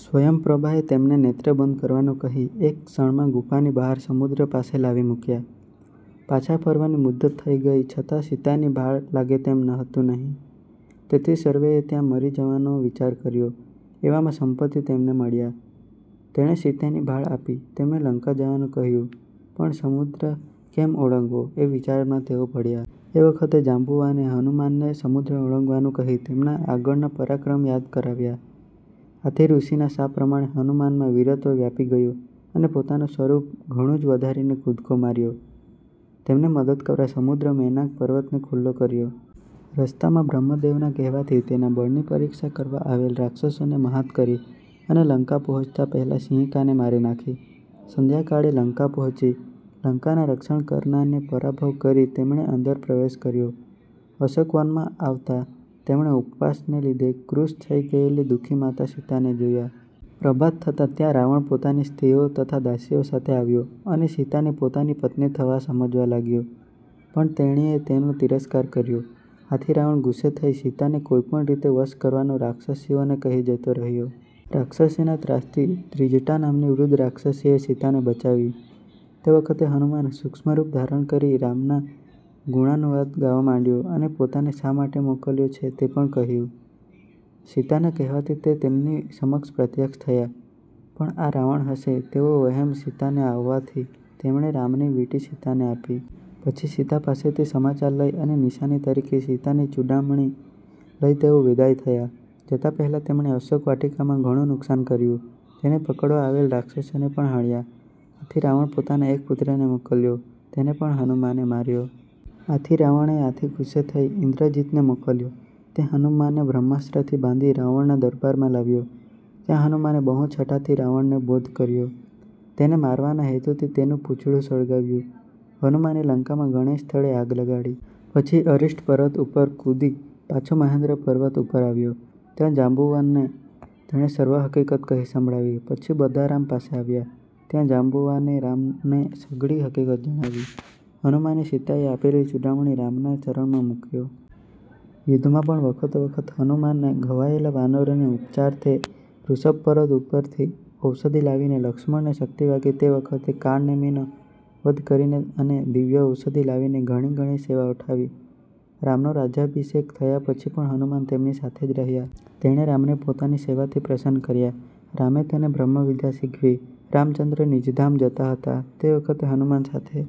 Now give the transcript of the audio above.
સ્વયંપ્રભાએ તેમને નેત્ર બંધ કરવાનું કહી એક ક્ષણમાં ગુફાની બહાર સમુદ્ર પાસે લાવી મૂક્યા. પાછા ફરવાની મુદ્દત થઈ ગઈ છતાં સીતાની ભાળ લાગે તેમ હતું નહિ. તેથી સર્વેએ ત્યાં મરી જવાનો વિચાર કર્યો એવામાં સંપતિ તેમને મળ્યો, તેણે સીતાની ભાળ આપી તેમને લંકા જવા કહ્યું પણ સમુદ્ર કેમ ઓળંગવો એ વિચારમાં તેઓ પડ્યા. એ વખતે જાંબુવાને હનુમાનને સમુદ્ર ઓળંગવાનું કહી તેમના આગળના પરાક્રમ યાદ કરાવ્યા. આથી ઋષિના શાપ પ્રમાણે હનુમાનમાં વીરત્વ વ્યાપી ગયું અને પોતાનું સ્વરૂપ ઘણું જ વધારીને કૂદકો માર્યો. તેમને મદદ કરવા સમુદ્રે મૈનાક પર્વતને ખુલ્લો કર્યો. રસ્તામાં બ્રહ્મદેવના કહેવાથી તેના બળની પરીક્ષા કરવા આવેલ રાક્ષસોને મહાત કરી અને લંકા પહોચતાં પહેલા સિંહિકાને મારી નાખી; સંધ્યાકાળે લંકા પહોંચી, લંકાના રક્ષણ કરનારને પરાભવ કરી તેમણે અંદર પ્રવેશ કર્યો. અશોકવનમાં આવતાં તેમણે ઉપવાસને લીધે કૃશ થઈ ગયેલી દુખી માતા સીતાને જોયા. પ્રભાત થતાં ત્યાં રાવણ પોતાની સ્ત્રીઓ તથા દાસીઓ સાથે આવ્યો અને સીતાને પોતાની પત્ની થવા સમજાવવા લાગ્યો, પણ તેણીએ તેનો તિરસ્કાર કર્યો. આથી રાવણ ગુસ્સે થઈ સીતાને કોઈ પણ રીતે વશ કરવાનું રાક્ષસીઓને કહી જતો રહ્યો. રાક્ષસીના ત્રાસથી ત્રિજટા નામની વૃદ્ધ રાક્ષસીએ સીતાને બચાવી. તે વખતે હનુમાન સૂક્ષ્મ રૂપ ધારણ કરી રામના ગુણાનુવાદ ગાવા માંડ્યા અને પોતાને શા માટે મોકલ્યો છે તે પણ કહ્યું. સીતાના કહેવાથી તે તેમની સમક્ષ પ્રત્યક્ષ થયા, પણ આ રાવણ હશે તેવો વહેમ સીતાને આવવાથી તેમણે રામની વીંટી સીતાને આપી. પછી સીતા પાસેથી સમાચાર લઈ અને નિશાની તરીકે સીતાનો ચૂડામણિ લઈ તેઓ વિદાય થયા. જતાં પહેલાં તેમણે અશોકવાટિકામાં ઘણું નુક્સાન કર્યું. તેને પકડવા આવેલા રાક્ષસોને પણ હણ્યા. આથી રાવણે પોતાના એક પુત્રને મોકલ્યો, તેને પણ હનુમાને માર્યો. આથી રાવણે આથી ગુસ્સે થઈ ઇંદ્રજિતને મોકલ્યો; તે હનુમાનને બ્રહ્માસ્ત્રથી બાંધી રાવણના દરબારમાં લાવ્યો, ત્યાં હનુમાને બહુ છટાથી રાવણને બોધ કર્યો. તેને મારવાના હેતુથી તેનું પૂછડું સળગાવ્યું. હનુમાને લંકામાં ઘણે સ્થળે આગ લગાડી. પછી અરિષ્ટ પર્વત ઉપરથી કૂદી પાછો મહેંદ્ર પર્વત ઉપર આવ્યો. ત્યાં જાંબુવાનને તેણે સર્વ હકીકત કહી સંભળાવી. પછી બધા રામ પાસે આવ્યા, ત્યારે જાંબુવાને રામને સઘળી હકીકત જણાવી. હનુમાને સીતાએ આપેલ ચૂડામણિ રામના ચરણમાં મૂકયો. યુદ્ધમાં પણ વખતોવખત હનુમાને ઘવાયેલા વાનરોને ઉપચારાર્થે ઋષભ પર્વત ઉપરથી ઔષધિ લાવીને, લક્ષ્મણને શક્તિ વાગી તે વખતે કાળનેમીનો વધ કરીને અને દિવ્ય ઔષધિ લાવીને ઘણી ઘણી સેવા ઉઠાવી. રામનો રાજ્યાભિષેક થયા પછીપણ હનુમાન તેમની સાથે જ રહ્યા. તેણે રામને પોતાની સેવાથી પ્રસન્ન કર્યા, રામે તેને બ્રહ્મવિદ્યા શીખવી. રામચંદ્ર નિજધામ જતા હતા તે વખતે હનુમાન સાથે